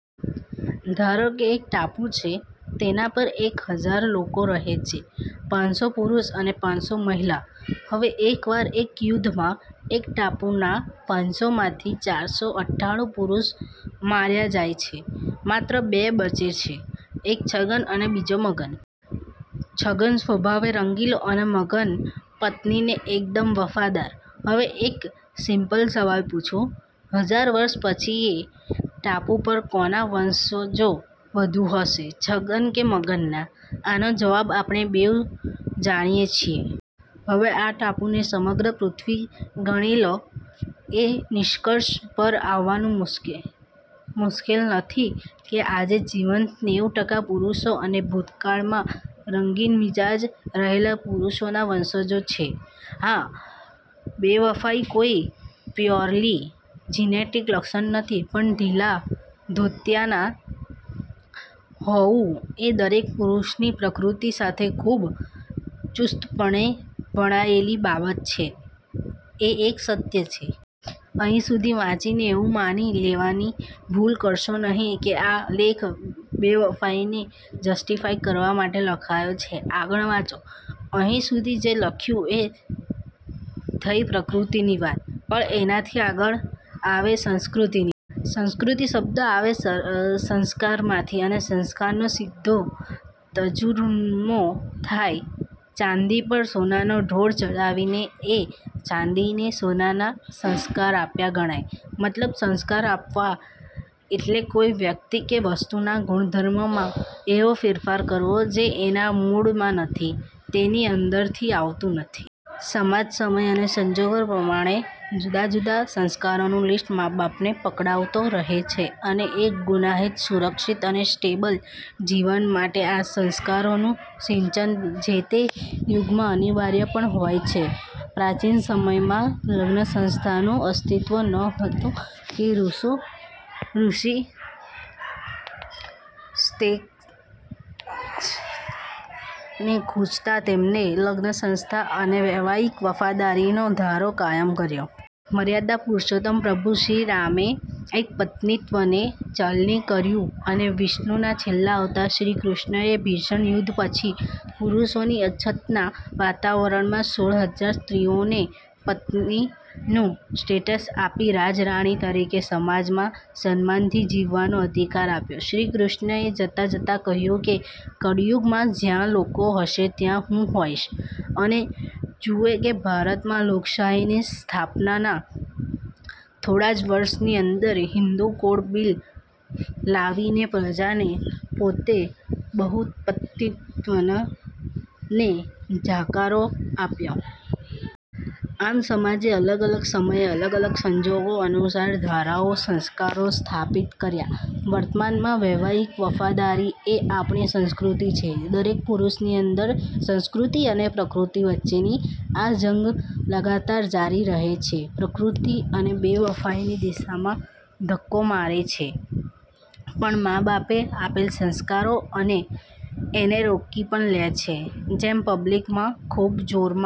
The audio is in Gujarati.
ધારોકે એક ટાપુ છે. તેના પર એક હજાર લોકો રહે છે: પાંચસો પુરુષ અને પાંચસો મહિલા. હવે, એક વાર એક યુદ્ધ માં, એ ટાપુના પાંચસો માંથી ચારસો અઠ્ઠાણું પુરુષ માર્યા જાય છે. માત્ર બે બચે છે: એક છગન અને બીજો મગન. છગન સ્વભાવે રંગીલો અને મગન પત્ની ને એકદમ વફાદાર. હવે, એક સિમ્પલ સવાલ પૂછું: હજાર વર્ષ પછી એ ટાપુ પર કોના વંશજો વધુ હશે, છગન ના કે મગન ના? આનો જવાબ આપણે બેઉ જાણીએ છીએ. હવે, આ ટાપુને સમગ્ર પૃથ્વી ગણી લો તો એ નિષ્કર્ષ પર આવવાનું મુશ્કેલ નથી કે આજે જીવંત નેવું ટકા પુરુષો એ ભૂતકાળ માં રંગીનમિજાજ રહેલા પુરુષોના વંશજો છે. હા, બેવફાઇ કોઈ પ્યોરલી જીનેટિક લક્ષણ નથી પણ ઢીલા ધોતિયાના હોવું એ દરેક પુરુષની પ્રકૃતિ સાથે ખૂબ ચુસ્તપણે વણાયેલી બાબત છે, એ એક સત્ય છે. અહીં સુધી વાંચીને એવું માની લેવાની ભૂલ કરશો નહિ કે આ લેખ બેવફાઈને જસ્ટીફાય કરવા લખ્યો છે. આગળ વાંચો: અહીં સુધી જે લખ્યું એ થઈ પ્રકૃતિની વાત. પણ એનાથી આગળ આવે સંસ્કૃતિ ની વાત. સંસ્કૃતિ શબ્દ આવે સંસ્કાર માંથી અને સંસ્કાર નો સીધો તજુરમો થાય. ચાંદી પર સોનાનો ઢોળ ચઢાવીએ એ ચાંદીને સોનાના સંસ્કાર આપ્યા ગણાય. મતલબ સંસ્કાર આપવા એટલે કોઈ વ્યક્તિ કે વસ્તુના ગુણધર્મ માં એવો ફેરફાર કરવો જે એના મૂળમાં નથી, એની અંદરથી આવતું નથી. સમાજ સમય અને સંજોગ પ્રમાણે જુદા જુદા સંસ્કારોનું લીસ્ટ મા-બાપને પકડાવતો રહે છે, અને એક ગુનારહિત, સુરક્ષિત અને સ્ટેબલ જીવન માટે આ સંસ્કારો નું સિંચન જે તે યુગમાં અનિવાર્ય પણ હોય છે. પ્રાચીન સમયમાં લગ્નસંસ્થા નું અસ્તિત્વ નહોતું તે ઋષિ શ્વેતકેતુ ને ખુંચતા એમણે લગ્નસંસ્થા અને વૈવાહિક વફાદારી નો ધારો કાયમ કર્યો. મર્યાદાપુરુષોત્તમ પ્રભુ શ્રીરામે એકપત્નીત્વને ચલણી કર્યુ અને વિષ્ણુના છેલ્લા અવતાર શ્રીકૃષ્ણએ ભીષણ યુદ્ધ પછી પુરુષોની અછતના વાતાવરણમાં સોળ હજાર સ્ત્રીઓને પત્નીનું સ્ટેટસ આપી રાજરાણી તરીકે સમાજમાં સન્માનથી જીવવાનો અધિકાર આપ્યો. શ્રીકૃષ્ણ એ જતા જતા કહ્યું કે "કળયુગ માં જ્યાં લોકો હશે ત્યાં હું હોઈશ" અને જુઓ કે ભારતમાં લોકશાહીની સ્થાપનાના થોડાજ વર્ષની અંદર હિન્દુ કોડ બિલ લાવીને પ્રજાએ પોતે બહુપત્નિત્વ ને જાકારો આપ્યો. આમ, સમાજે અલગ અલગ સમયે અલગ અલગ સંજોગો અનુસાર ધારાઓ/સંસ્કારો સ્થાપિત કર્યા. વર્તમાનમાં વૈવાહિક વફાદારી, એ આપણી સંસ્કૃતિ છે. દરેક પુરુષની અંદર સંસ્કૃતિ અને પ્રકૃતિ વચ્ચેની આ જંગ લગાતાર જારી રહે છે. પ્રકૃતિ એને બેવફાઈની દિશામાં ધક્કો મારે છે પણ માં-બાપે આપેલ સંસ્કારો એને રોકી પણ લે છે. જેમ પબ્લિક માં ખુબ જોરમાં